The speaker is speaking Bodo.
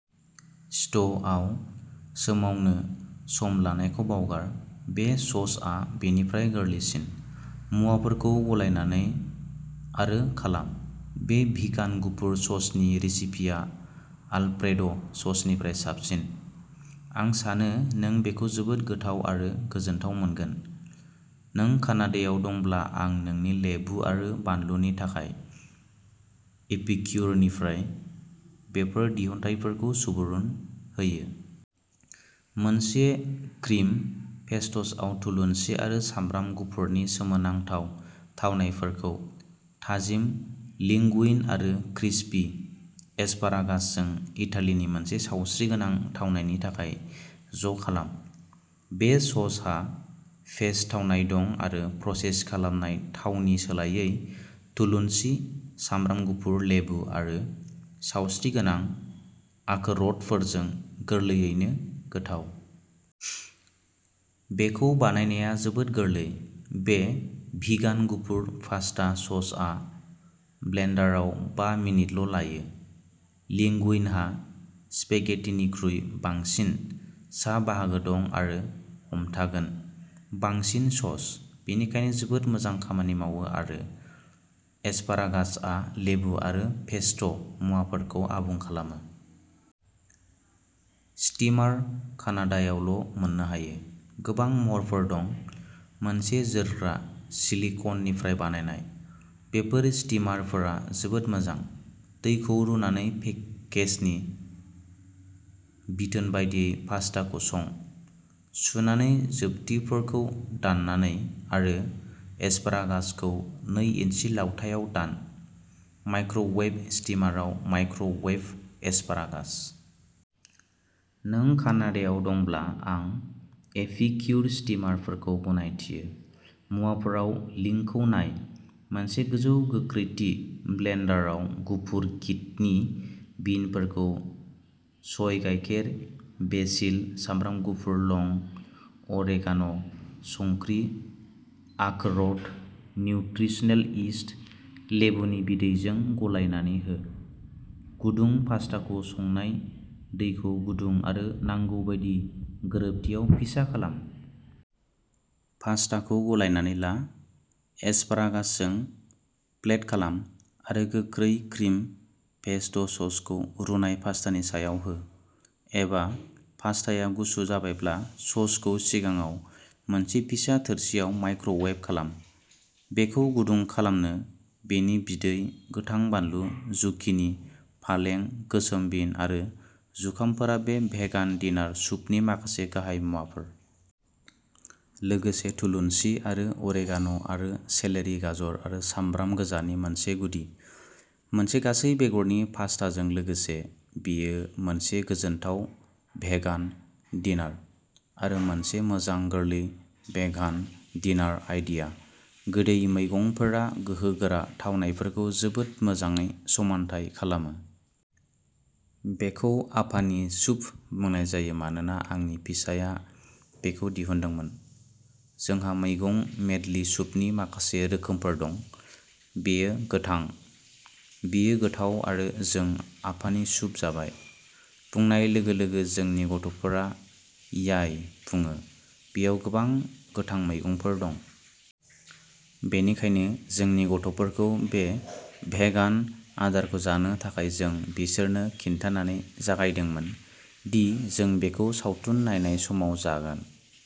स्ट'वआव सोमावनो सम लानायखौ बावगार, बे ससआ बेनिख्रुइ गोरलैसिन, मुवाफोरखौ गलायनानै, आरो खालाम। बे भिगान गुफुर ससनि रेसिपिया आलप्रेड' ससनिख्रुइ साबसिन, आं सानो नों बेखौ जोबोद गोथाव आरो गोजोनथाव मोनगोन। नों कानाडायाव दंब्ला आं नोंनि लेबु आरो बानलुनि थाखाय, एपिक्युरनिफ्राय बेफोर दिहुनथायफोरखौ सुबुरुन होयो। मोनसे क्रिम पेस्ट'स आव थुलुनसि आरो सामब्राम गुफुरनि सोमोनांथाव थावनायफोरखौ, थाजिम लिंगुइन आरो क्रिस्पि एस्पारागासजों, इटालीनि मोनसे सावस्रिगोनां थावनायनि थाखाय ज'खालाम। बे ससहा पेस्ट थावनाय दं आरो प्रसेस खालामनाय थावनि सोलायै थुलुनसि, सामब्राम गुफुर, लेबु आरो सावस्रिगोनां आखरोटफोरजों गोरलैयैनो गोथाव। बेखौ बानायनाया जोबोद गोरलै, बे भिगान गुफुर पास्ता ससआ ब्लेन्डाराव बा मिनिटल' लायो। लिंगुइनहा स्पेगेटिनिख्रुइ बांसिन सा बाहागो दं, आरो हमथागोन। बांसिन सस, बेनिखायनो जोबोद मोजां खामानि मावो आरो एस्पारागासआ लेबु आरो पेस्ट'मुवाफोरखौ आबुं खालामो। स्टीमार कानाडायावल'मोननो हायो। गोबां महरफोर दं, मोनसे जोरग्रा सिलिक'ननिफ्राय बानायनाय, बेफोर स्टीमारफोरा जोबोद मोजां। दैखौ रुनानै पेकेजनि बिथोन बायदियै पास्टाखौ सं। सुनानै, जोबथिफोरखौ दाननानै, आरो एस्पारागासखौ नै इन्सि लावथाइआव दान। माइक्र'वेभ स्टीमाराव माइक्र'वेभ एस्पारागास। नों कानाडायाव दंब्ला, आं एपिक्युर स्टीमारफोरखौ गनायथियो। मुवाफोराव लिंकखौ नाय। मोनसे गोजौ गोख्रैथि ब्लेन्डाराव, गुफुर किडनि बिनफोरखौ सय गायखेर, बेसिल, सामब्राम गुफुर लं, अरेगान', संख्रि, आखरोट, निउत्रिसनेल इस्ट, लेबुनि बिदैजों गलायनानै हो। गुदुं पास्टाखौ संनाय दैखौ गुदुं आरो नांगौबादि गोरोबथियाव फिसा खालाम। पास्टाखौ गलायनानै ला, एस्पारागासजों प्लेट खालाम, आरो गोख्रै क्रिम पेस्ट'ससखौ रुनाय पास्टानि सायाव हो। एबा, पास्टाया गुसु जाबायब्ला, ससखौ सिगाङाव मोनसे फिसा थोरसिआव माइक्र'वेभ खालाम, बेखौ गुदुं खालामनो, बेनि बिदै, गोथां बानलु, जुकिनि, फालें, गोसोम बिन आरो जुखामफोरा बे भेगान डिनार सुपनि माखासे गाहाय मुवाफोर। लोगोसे थुलुनसि, आरो अरेगान'आरो सेलेरि, गाजर आरो सामब्राम गोजानि मोनसे गुदि। मोनसे गासै बेगरनि पास्ताजों लोगोसे, बेयो मोनसे गोजोनथाव भेगान डिनर, आरो मोनसे मोजां गोरलै भेगान डिनार आइडिया। गोदै मैगंफोरा गोहोगोरा थावनायफोरखौ जोबोद मोजाङै समानथाय खालामो। बेखौ आफानि सुप बुंनाय जायो मानोना आंनि फिसाया बेखौ दिहुनदोंमोन। जोंहा मैगं मेडलि सुपनि माखासे रोखोमफोर दं, बेयो गोथां। बेयो गोथाव, आरो जों "आफानि सुप जाबाय" बुंनाय लोगो-लोगो जोंनि गथ'फोरा "याय।" बुङो। बेयाव गोबां गोथां मैगंफोर दं। बेनिखायनो जोंनि गथ'फोरखौ बे भेगान आदारखौ जानो थाखाय जों बिसोरनो खिन्थानानै जागायदोंमोन दि जों बेखौ सावथुन नायनाय समाव जागोन।